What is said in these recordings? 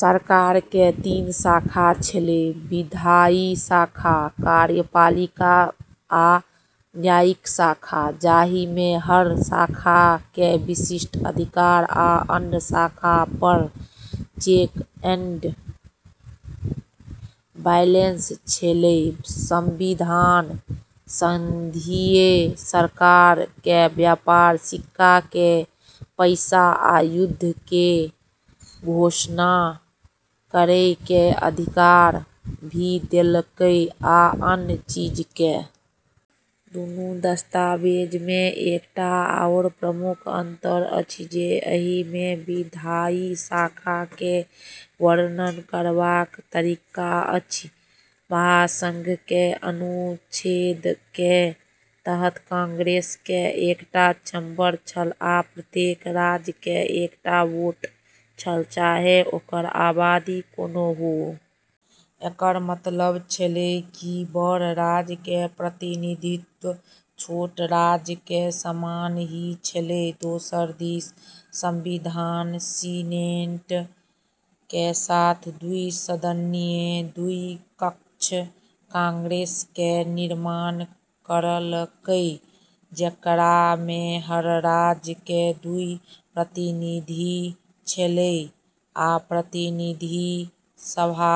सरकार के तीन शाखा छेलै- विधायी शाखा, कार्यपालिका, आ न्यायिक शाखा- जाहिमे हर शाखा के विशिष्ट अधिकार आ अन्य शाखा पर चेक एंड बैलेंस छेलै। संविधान संघीय सरकार के व्यापार, सिक्का के पैसा, आ युद्ध के घोषणा करै के अधिकार भी देलकै, आ अन्य चीज के। दुनू दस्तावेज मे एकटा आओर प्रमुख अंतर अछि जे एहि मे विधायी शाखा के वर्णन करबाक तरीका अछि। महासंघ के अनुच्छेद के तहत कांग्रेस के एकटा चैम्बर छल आ प्रत्येक राज्य के एकटा वोट छल चाहे ओकर आबादी कोनो हो। एकर मतलब छेलै कि बड़ राज्य के प्रतिनिधित्व छोट राज्य के समान ही छेलै। दोसर दिस संविधान सीनेट के साथ द्वि सदनीय (दू कक्ष) कांग्रेस के निर्माण करलकै, जेकरा मे हर राज्य के दू प्रतिनिधि छेलै, आ प्रतिनिधि सभा,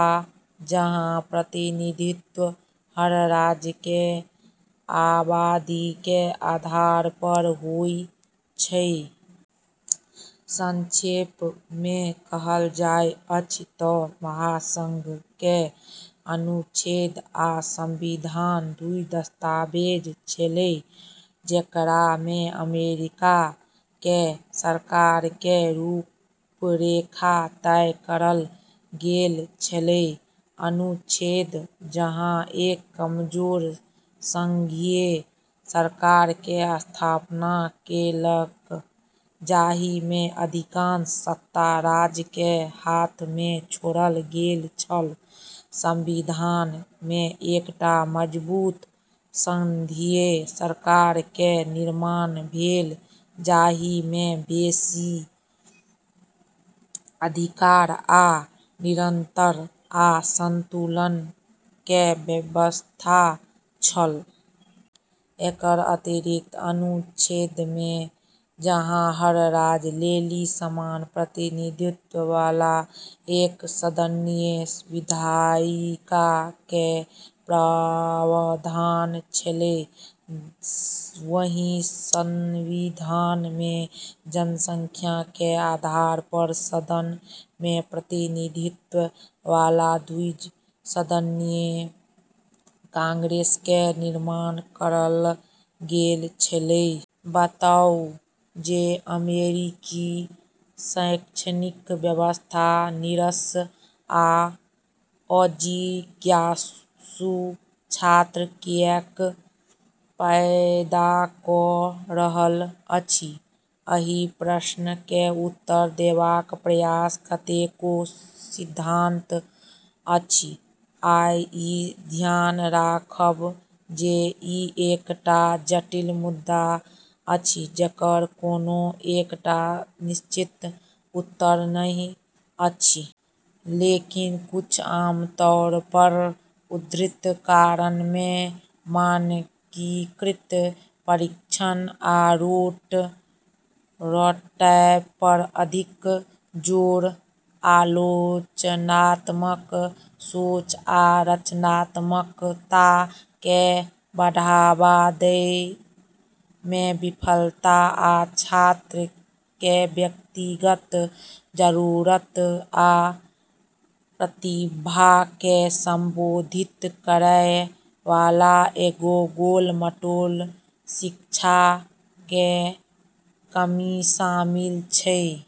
जहाँ प्रतिनिधित्व हर राज्य के आबादी के आधार पर होय छै। संक्षेप मे कहल जाइत अछि तऽ महासंघ के अनुच्छेद आ संविधान दू दस्तावेज छेलै जेकरा मे अमेरिका के सरकार के रूपरेखा तय करल गेल छेलै। अनुच्छेद जहाँ एक कमजोर संघीय सरकार के स्थापना केलक जाहि मे अधिकांश सत्ता राज्य के हाथ मे छोड़ल गेल छल, संविधान मे एकटा मजबूत संघीय सरकार के निर्माण भेल जाहि मे बेसी अधिकार आ नियंत्रण आ संतुलन के व्यवस्था छल। एकर अतिरिक्त, अनुच्छेद मे जहाँ हर राज्य लेली समान प्रतिनिधित्व वाला एक सदनीय विधायिका के प्रावधान छेलै, वहीं संविधान मे जनसंख्या के आधार पर सदन मे प्रतिनिधित्व वाला द्वि सदनीय कांग्रेस के निर्माण करल गेल छेलै। बताउ जे अमेरिकी शैक्षणिक व्यवस्था "नीरस आ अजिज्ञासु" छात्र किएक पैदा क' रहल अछि। एहि प्रश्न के उत्तर देबाक प्रयास कतेको सिद्धांत अछि, आ ई ध्यान राखब जे ई एकटा जटिल मुद्दा अछि जकर कोनो एकटा निश्चित उत्तर नहि अछि। लेकिन, कुछ आमतौर पर उद्धृत कारण मे मानकीकृत परीक्षण आ रोट रटै पर अधिक जोर, आलोचनात्मक सोच आ रचनात्मकता के बढ़ावा दै मे विफलता, आ छात्र के व्यक्तिगत जरूरत आ प्रतिभा के संबोधित करय वाला एगो गोल-मटोल शिक्षा के कमी शामिल छै।